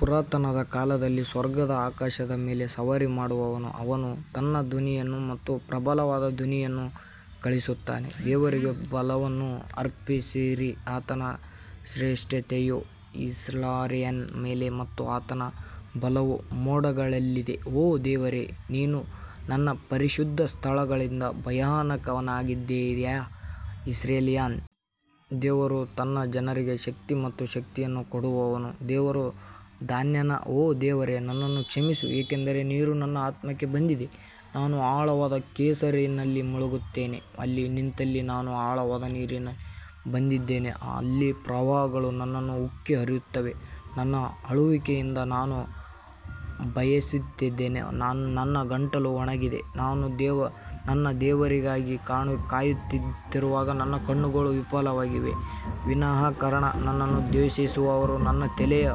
ಪುರಾತನ ಕಾಲದಲ್ಲಿದ್ದ ಸ್ವರ್ಗದ ಆಕಾಶದ ಮೇಲೆ ಸವಾರಿ ಮಾಡುವವನಿಗೆ ಅವನು ತನ್ನ ಧ್ವನಿಯನ್ನು ಮತ್ತು ಪ್ರಬಲವಾದ ಧ್ವನಿಯನ್ನು ಕಳುಹಿಸುತ್ತಾನೆ ದೇವರಿಗೆ ಬಲವನ್ನು ಅರ್ಪಿಸಿರಿ, ಆತನ ಶ್ರೇಷ್ಠತೆಯು ಇಸ್ರಾಯೇಲ್ಯರ ಮೇಲೆ ಮತ್ತು ಆತನ ಬಲವು ಮೋಡಗಳಲ್ಲಿದೆ ಓ ದೇವರೇ ನೀನು ನಿನ್ನ ಪರಿಶುದ್ಧ ಸ್ಥಳಗಳಿಂದ ಭಯಂಕರನಾಗಿದ್ದೀ, ಇಸ್ರಾಯೇಲಿನ ದೇವರು ತನ್ನ ಜನರಿಗೆ ಶಕ್ತಿ ಮತ್ತು ಶಕ್ತಿಯನ್ನು ಕೊಡುವವನು ದೇವರು ಧನ್ಯನು ಓ ದೇವರೇ ನನ್ನನ್ನು ರಕ್ಷಿಸು, ಏಕೆಂದರೆ ನೀರು ನನ್ನ ಆತ್ಮಕ್ಕೆ ಬಂದಿತು ನಾನು ಆಳವಾದ ಕೆಸರಿನಲ್ಲಿ ಮುಳುಗುತ್ತೇನೆ ಅಲ್ಲಿ ನಿಂತಿಲ್ಲ, ನಾನು ಆಳವಾದ ನೀರಿನಲ್ಲಿ ಬಂದಿದ್ದೇನೆ, ಅಲ್ಲಿ ಪ್ರವಾಹಗಳು ನನ್ನನ್ನು ಉಕ್ಕಿ ಹರಿಯುತ್ತವೆ ನನ್ನ ಅಳುವಿಕೆಯಿಂದ ನಾನು ಬೇಸತ್ತಿದ್ದೇನೆ, ನನ್ನ ಗಂಟಲು ಒಣಗಿದೆ, ನಾನು ನನ್ನ ದೇವರಿಗಾಗಿ ಕಾಯುತ್ತಿರುವಾಗ ನನ್ನ ಕಣ್ಣುಗಳು ವಿಫಲವಾಗಿವೆ ವಿನಾಕಾರಣ ನನ್ನನ್ನು ದ್ವೇಷಿಸುವವರು ನನ್ನ ತಲೆಯ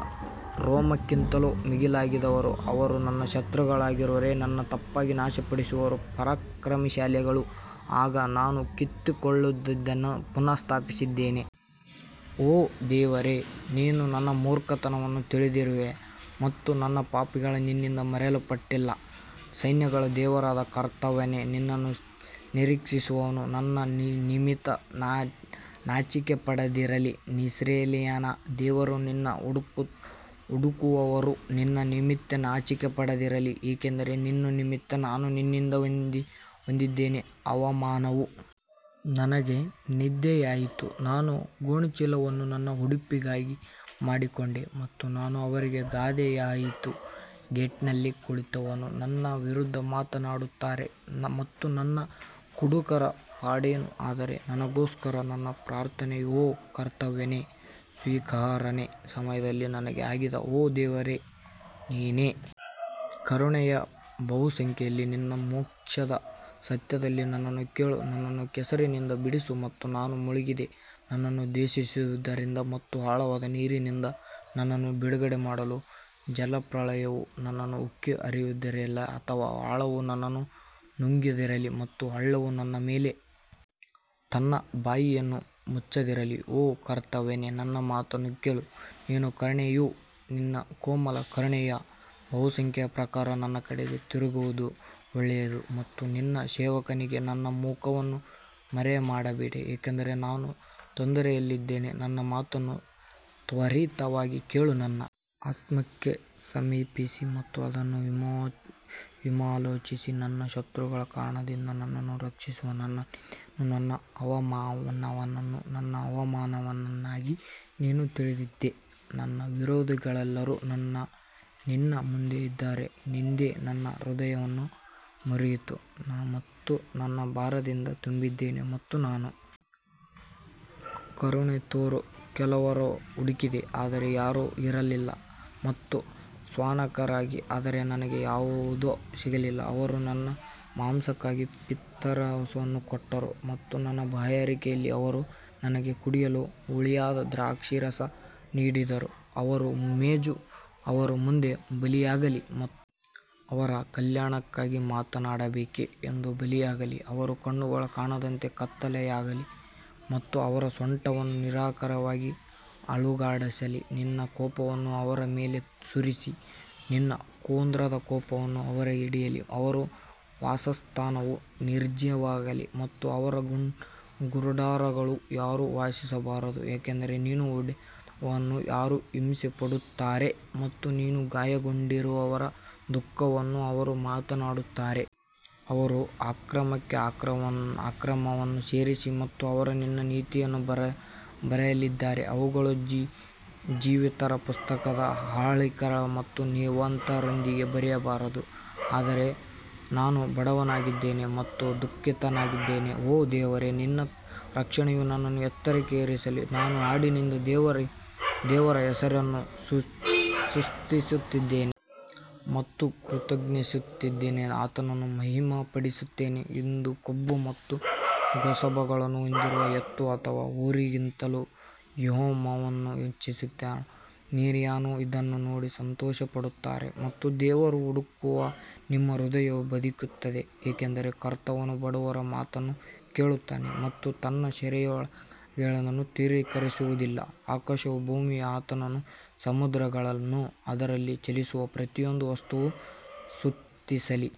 ರೋಮಕ್ಕಿಂತಲೂ ಮಿಗಿಲಾದವರು, ಅವರು ನನ್ನ ಶತ್ರುಗಳಾಗಿರುವ ನನ್ನನ್ನು ತಪ್ಪಾಗಿ ನಾಶಪಡಿಸುವವರು ಪರಾಕ್ರಮಶಾಲಿಗಳು ಆಗ ನಾನು ಕಿತ್ತುಕೊಳ್ಳದಿದ್ದನ್ನು ಪುನಃಸ್ಥಾಪಿಸಿದ್ದೇನೆ. ಓ ದೇವರೇ ನೀನು ನನ್ನ ಮೂರ್ಖತನವನ್ನು ತಿಳಿದಿರುವೆ ಮತ್ತು ನನ್ನ ಪಾಪಗಳು ನಿನ್ನಿಂದ ಮರೆಮಾಡಲ್ಪಟ್ಟಿಲ್ಲ ಸೈನ್ಯಗಳ ದೇವರಾದ ಕರ್ತನೇ, ನಿನ್ನನ್ನು ನಿರೀಕ್ಷಿಸುವವರು ನನ್ನ ನಿಮಿತ್ತ ನಾಚಿಕೆಪಡದಿರಲಿ, ಇಸ್ರಾಯೇಲಿನ ದೇವರೇ, ನಿನ್ನನ್ನು ಹುಡುಕುವವರು ನನ್ನ ನಿಮಿತ್ತ ನಾಚಿಕೆಪಡದಿರಲಿ. ಯಾಕಂದರೆ ನಿನ್ನ ನಿಮಿತ್ತ ನಾನು ನಿಂದೆಯನ್ನು ಹೊಂದಿದ್ದೇನೆ, ಅವಮಾನವು ನನಗೆ ನಿಂದೆಯಾಯಿತು ನಾನು ಗೋಣಿಚೀಲವನ್ನು ನನ್ನ ಉಡುಪಾಗಿ ಮಾಡಿಕೊಂಡೆ ಮತ್ತು ನಾನು ಅವರಿಗೆ ಗಾದೆಯಾಯಿತು ಗೇಟ್ನಲ್ಲಿ ಕುಳಿತವರು ನನ್ನ ವಿರುದ್ಧ ಮಾತನಾಡುತ್ತಾರೆ ಮತ್ತು ನಾನು ಕುಡುಕರ ಪಾಡೇನು ಆದರೆ ನನಗೋಸ್ಕರ ನನ್ನ ಪ್ರಾರ್ಥನೆಯು ಓ ಕರ್ತನೇ ಸ್ವೀಕಾರಾರ್ಹ ಸಮಯದಲ್ಲಿ ನಿನಗೆ ಆಗಿದೆ ಓ ದೇವರೇ ನಿನ್ನ ಕರುಣೆಯ ಬಹುಸಂಖ್ಯೆಯಲ್ಲಿ ನಿನ್ನ ಮೋಕ್ಷದ ಸತ್ಯದಲ್ಲಿ ನನ್ನನ್ನು ಕೇಳು ನನ್ನನ್ನು ಕೆಸರಿನಿಂದ ಬಿಡಿಸು ಮತ್ತು ನಾನು ಮುಳುಗದೆ ನನ್ನನ್ನು ದ್ವೇಷಿಸುವವರಿಂದ ಮತ್ತು ಆಳವಾದ ನೀರಿನಿಂದ ನನ್ನನ್ನು ಬಿಡುಗಡೆ ಮಾಡಲಿ ಜಲಪ್ರಳಯವು ನನ್ನನ್ನು ಉಕ್ಕಿ ಹರಿಯದಿರಲಿ ಅಥವಾ ಆಳವು ನನ್ನನ್ನು ನುಂಗದಿರಲಿ ಮತ್ತು ಹಳ್ಳವು ನನ್ನ ಮೇಲೆ ತನ್ನ ಬಾಯಿಯನ್ನು ಮುಚ್ಚದಿರಲಿ ಓ ಕರ್ತನೇ ನನ್ನ ಮಾತನ್ನು ಕೇಳು ನಿನ್ನ ಕರುಣೆಯು ನಿನ್ನ ಕೋಮಲ ಕರುಣೆಯ ಬಹುಸಂಖ್ಯೆಯ ಪ್ರಕಾರ ನನ್ನ ಕಡೆಗೆ ತಿರುಗುವುದು ಒಳ್ಳೆಯದು ಮತ್ತು ನಿನ್ನ ಸೇವಕನಿಗೆ ನಿನ್ನ ಮುಖವನ್ನು ಮರೆಮಾಡಬೇಡ ಏಕೆಂದರೆ ನಾನು ತೊಂದರೆಯಲ್ಲಿದ್ದೇನೆ, ನನ್ನ ಮಾತನ್ನು ತ್ವರಿತವಾಗಿ ಕೇಳು ನನ್ನ ಆತ್ಮಕ್ಕೆ ಸಮೀಪಿಸಿ ಮತ್ತು ಅದನ್ನು ವಿಮೋಚಿಸಿ ನನ್ನ ಶತ್ರುಗಳ ಕಾರಣದಿಂದ ನನ್ನನ್ನು ರಕ್ಷಿಸು ನನ್ನ ನಿಂದೆಯನ್ನೂ ನನ್ನ ಅವಮಾನವನ್ನೂ ನನ್ನ ಅವಮಾನವನ್ನೂ ನೀನು ತಿಳಿದಿದ್ದೀ ನನ್ನ ವಿರೋಧಿಗಳೆಲ್ಲರೂ ನಿನ್ನ ಮುಂದೆ ಇದ್ದಾರೆ ನಿಂದೆ ನನ್ನ ಹೃದಯವನ್ನು ಮುರಿಯಿತು ಮತ್ತು ನಾನು ಭಾರದಿಂದ ತುಂಬಿದ್ದೇನೆ ಮತ್ತು ನಾನು ಕರುಣೆ ತೋರಲು ಕೆಲವರನ್ನು ಹುಡುಕಿದೆ ಆದರೆ ಯಾರೂ ಇರಲಿಲ್ಲ ಮತ್ತು ಸಾಂತ್ವನಕಾರರಿಗಾಗಿ ಆದರೆ ನನಗೆ ಯಾವುದೂ ಸಿಗಲಿಲ್ಲ ಅವರು ನನ್ನ ಮಾಂಸಕ್ಕಾಗಿ ಪಿತ್ತರಸವನ್ನೂ ಕೊಟ್ಟರು ಮತ್ತು ನನ್ನ ಬಾಯಾರಿಕೆಯಲ್ಲಿ ಅವರು ನನಗೆ ಕುಡಿಯಲು ಹುಳಿಯಾದ ದ್ರಾಕ್ಷಾರಸ ನೀಡಿದರು ಅವರ ಮೇಜು ಅವರ ಮುಂದೆ ಬಲೆಯಾಗಲಿ ಮತ್ತು ಅವರ ಕಲ್ಯಾಣಕ್ಕಾಗಿ ಏನಾಗಬೇಕೋ ಅದು ಬಲೆಯಾಗಲಿ ಅವರ ಕಣ್ಣುಗಳು ಕಾಣದಂತೆ ಕತ್ತಲಾಗಲಿ ಮತ್ತು ಅವರ ಸೊಂಟವನ್ನು ನಿರಂತರವಾಗಿ ಅಲುಗಾಡಿಸಲಿ ನಿನ್ನ ಕೋಪವನ್ನು ಅವರ ಮೇಲೆ ಸುರಿಸಿ ನಿನ್ನ ಕ್ರೋಧದ ಕೋಪವು ಅವರನ್ನು ಹಿಡಿಯಲಿ ಅವರ ವಾಸಸ್ಥಾನವು ನಿರ್ಜನವಾಗಲಿ ಮತ್ತು ಅವರ ಗುಡಾರಗಳಲ್ಲಿ ಯಾರೂ ವಾಸಿಸಬಾರದು ಯಾಕಂದರೆ ನೀನು ಹೊಡೆದವನನ್ನು ಅವರು ಹಿಂಸೆಪಡಿಸುತ್ತಾರೆ ಮತ್ತು ನೀನು ಗಾಯಗೊಂಡವರ ದುಃಖವನ್ನು ಅವರು ಮಾತನಾಡುತ್ತಾರೆ. ಅವರ ಅಕ್ರಮಕ್ಕೆ ಅಕ್ರಮವನ್ನು ಸೇರಿಸಿ ಮತ್ತು ಅವರು ನಿನ್ನ ನೀತಿಯಲ್ಲಿ ಬರದಿರಲಿ ಅವುಗಳನ್ನು ಜೀವಿತರ ಪುಸ್ತಕದಿಂದ ಅಳಿಸಿಹಾಕಲಿ ಮತ್ತು ನೀತಿವಂತರೊಂದಿಗೆ ಬರೆಯಬಾರದು ಆದರೆ ನಾನು ಬಡವನಾಗಿದ್ದೇನೆ ಮತ್ತು ದುಃಖಿತನಾಗಿದ್ದೇನೆ, ಓ ದೇವರೇ ನಿನ್ನ ರಕ್ಷಣೆಯು ನನ್ನನ್ನು ಎತ್ತರಕ್ಕೆ ಏರಿಸಲಿ ನಾನು ಹಾಡಿನಿಂದ ದೇವರ ಹೆಸರನ್ನು ಸ್ತುತಿಸುತ್ತೇನೆ ಮತ್ತು ಕೃತಜ್ಞತಾಸ್ತುತಿಯಿಂದ ಆತನನ್ನು ಮಹಿಮೆಪಡಿಸುತ್ತೇನೆ ಇದು ಕೊಂಬು ಮತ್ತು ಗೊರಸುಗಳನ್ನು ಹೊಂದಿರುವ ಎತ್ತು ಅಥವಾ ಹೋರಿಗಿಂತಲೂ ಯೆಹೋವನನ್ನು ಮೆಚ್ಚಿಸುತ್ತದೆ ವಿನಮ್ರರು ಇದನ್ನು ನೋಡಿ ಸಂತೋಷಪಡುತ್ತಾರೆ ಮತ್ತು ದೇವರನ್ನು ಹುಡುಕುವ ನಿಮ್ಮ ಹೃದಯವು ಬದುಕುತ್ತದೆ ಯಾಕಂದರೆ ಕರ್ತನು ಬಡವರ ಮಾತನ್ನು ಕೇಳುತ್ತಾನೆ ಮತ್ತು ತನ್ನ ಸೆರೆಯಾಳುಗಳನ್ನು ತಿರಸ್ಕರಿಸುವುದಿಲ್ಲ ಆಕಾಶವೂ ಭೂಮಿಯೂ ಆತನನ್ನು ಸಮುದ್ರಗಳನ್ನೂ ಅದರಲ್ಲಿ ಚಲಿಸುವ ಪ್ರತಿಯೊಂದು ವಸ್ತುವನ್ನೂ ಸ್ತುತಿಸಲಿ.